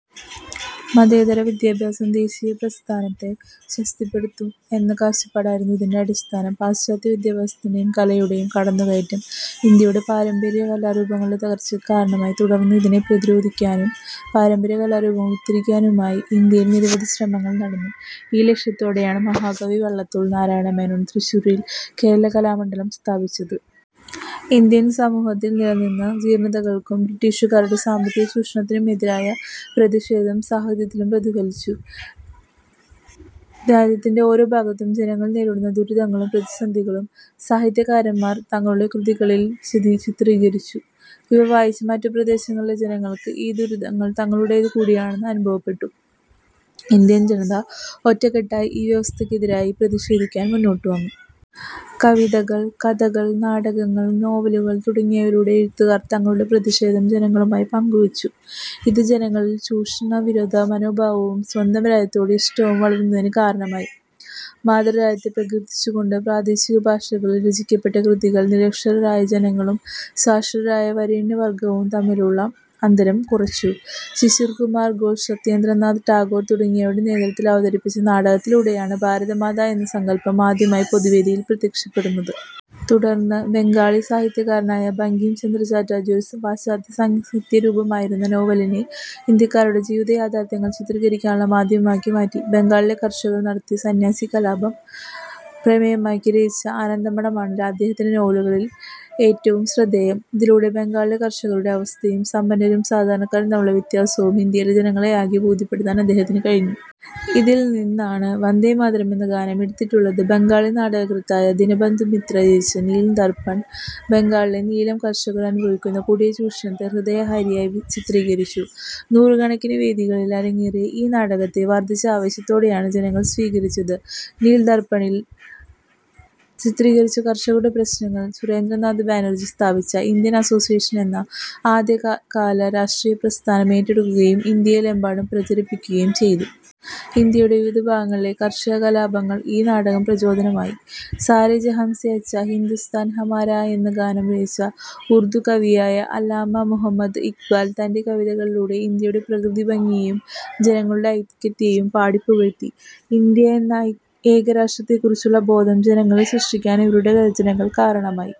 മതേതര വിദ്യാഭ്യാസം ദേശീയ പ്രസ്ഥാനത്തെ ശക്തിപ്പെടുത്തും എന്ന കാഴ്ചപ്പാടായിരുന്നു ഇതിന്റെ അടിസ്ഥാനം. പാശ്ചാത്യ വിദ്യാഭ്യാസത്തിന്റെയും കലയുടെയും കടന്നു കയറ്റം ഇന്ത്യയുടെ പാരമ്പര്യ കലാരൂപങ്ങളുടെ തകർച്ചയ്ക്ക് കാരണമായി. തുടർന്ന് ഇതിനെ പ്രതിരോധിക്കാനും പാരമ്പര്യ കലാരൂപങ്ങളെ ഉദ്ധരിക്കാനുമായി ഇന്ത്യയിൽ നിരവധി ശ്രമങ്ങൾ നടന്നു. ഈ ലക്ഷ്യത്തോടെയാണ് മഹാകവി വള്ളത്തോൾ നാരായണമേനോൻ തൃശൂരിൽ കേരള കലാമണ്ഡലം സ്ഥാപിച്ചത്. ഇന്ത്യൻ സമൂഹത്തിൽ നിലനിന്ന ജീർണതകൾക്കും ബ്രിട്ടീഷുകാരുടെ സാമ്പത്തികചൂഷണത്തിനും എതിരായ പ്രതിഷേധം സാഹിത്യത്തിലും പ്രതിഫലിച്ചു. രാജ്യത്തിന്റെ ഓരോ ഭാഗത്തും ജനങ്ങൾ നേരിടുന്ന ദുരിതങ്ങളും പ്രതിസന്ധികളും സാഹിത്യകാരന്മാർ തങ്ങളുടെ കൃതികളിൽ ചിത്രീകരിച്ചു. ഇവ വായിച്ച മറ്റു പ്രദേശങ്ങളിലെ ജനങ്ങൾക്ക് ഈ ദുരിതങ്ങൾ തങ്ങളുടേതു കൂടിയാണെന്ന് അനുഭവപ്പെട്ടു. ഇന്ത്യൻ ജനത ഒറ്റക്കെട്ടായി ഈ വ്യവസ്ഥയ്ക്കെതിരായി പ്രതിഷേധിക്കാൻ മുന്നോട്ടുവന്നു. കവിതകൾ, കഥകൾ, നാടകങ്ങൾ, നോവലുകൾ തുടങ്ങിയവയിലൂടെ എഴുത്തുകാർ തങ്ങളുടെ പ്രതിഷേധം ജനങ്ങളുമായി പങ്കുവച്ചു. ഇത് ജനങ്ങളിൽ ചൂഷണവിരുദ്ധ മനോഭാവവും സ്വന്തം രാജ്യത്തോട് ഇഷ്ടവും വളരുന്നതിന് കാരണമായി. മാതൃരാജ്യത്തെ പ്രകീർത്തിച്ചുകൊണ്ട് പ്രാദേശികഭാഷകളിൽ രചിക്കപ്പെട്ട കൃതികൾ നിരക്ഷരരായ ജനങ്ങളും സാക്ഷരരായ വരേണ്യവർഗവും തമ്മിലുള്ള അന്തരം കുറച്ചു. ശിശിർകുമാർ ഘോഷ്, സത്യേന്ദ്രനാഥ് ടാഗോർ തുടങ്ങിയവരുടെ നേതൃത്വത്തിൽ അവതരിപ്പിച്ച നാടകത്തിലൂടെയാണ് ഭാരതമാതാ എന്ന സങ്കൽപ്പം ആദ്യമായി പൊതുവേദിയിൽ പ്രത്യക്ഷപ്പെടുന്നത്. തുടർന്ന് ബംഗാളി സാഹിത്യകാരനായ ബങ്കിം ചന്ദ്ര ചാറ്റർജി ഒരു പാശ്ചാത്യസാഹിത്യ രൂപമായിരുന്ന നോവലിനെ ഇന്ത്യക്കാരുടെ ജീവിതയാഥാർഥ്യങ്ങൾ ചിത്രീകരിക്കാനുള്ള മാധ്യമമാക്കി മാറ്റി. ബംഗാളിലെ കർഷകർ നടത്തിയ സന്ന്യാസി കലാപം പ്രമേയമാക്കി രചിച്ച ആനന്ദമഠം ആണ് അദ്ദേഹത്തിന്റെ നോവലുകളിൽ ഏറ്റവും ശ്രദ്ധേയം. ഇതിലൂടെ ബംഗാളിലെ കർഷകരുടെ അവസ്ഥയും സമ്പന്നരും സാധാരണക്കാരും തമ്മിലുള്ള വ്യത്യാസവും ഇന്ത്യയിലെ ജനങ്ങളെയാകെ ബോധ്യപ്പെടുത്താൻ അദ്ദേഹത്തിനു കഴിഞ്ഞു. ഇതിൽ നിന്നാണ് വന്ദേമാതരം എന്ന ഗാനം എടുത്തിട്ടുള്ളത്. ബംഗാളി നാടകകൃത്തായ ദിനബന്ധു മിത്ര രചിച്ച നീൽ ദർപ്പൺ ബംഗാളിലെ നീലം കർഷകർ അനുഭവിക്കുന്ന കൊടിയ ചൂഷണത്തെ ഹൃദയഹാരിയായി ചിത്രീകരിച്ചു. നൂറുകണക്കിന് വേദികളിൽ അരങ്ങേറിയ ഈ നാടകത്തെ വർധിച്ച ആവേശത്തോടെയാണ് ജനങ്ങൾ സ്വീകരിച്ചത്. നീൽ ദർപ്പണി'ൽ ചിത്രീകരിച്ച കർഷകരുടെ പ്രശ്നങ്ങൾ സുരേന്ദ്രനാഥ ബാനർജി സ്ഥാപിച്ച ഇന്ത്യൻ അസോസിയേഷൻ എന്ന ആദ്യ കാല രാഷ്ട്രീയപ്രസ്ഥാനം ഏറ്റെടുക്കുകയും ഇന്ത്യയിലെമ്പാടും പ്രചരിപ്പിക്കുകയും ചെയ്തു. ഇന്ത്യയുടെ വിവിധ ഭാഗങ്ങളിലെ കർഷകകലാപങ്ങൾക്ക് ഈ നാടകം പ്രചോദനമായി. സാരേ ജഹാം സേ അച്ഛാ, ഹിന്ദുസ്ഥാൻ ഹമാരാ എന്ന ഗാനം രചിച്ച ഉർദു കവിയായ അല്ലാമാ മുഹമ്മദ് ഇഖ്ബാൽ തന്റെ കവിതകളിലൂടെ ഇന്ത്യയുടെ പ്രകൃതിഭംഗിയെയും ജനങ്ങളുടെ ഐക്യത്തെയും പാടിപ്പുകഴ്ത്തി. ഇന്ത്യ എന്ന ഏകരാഷ്ട്രത്തെക്കുറിച്ചുള്ള ബോധം ജനങ്ങളിൽ സൃഷ്ടിക്കാൻ ഇവരുടെ രചനകൾ കാരണമായി.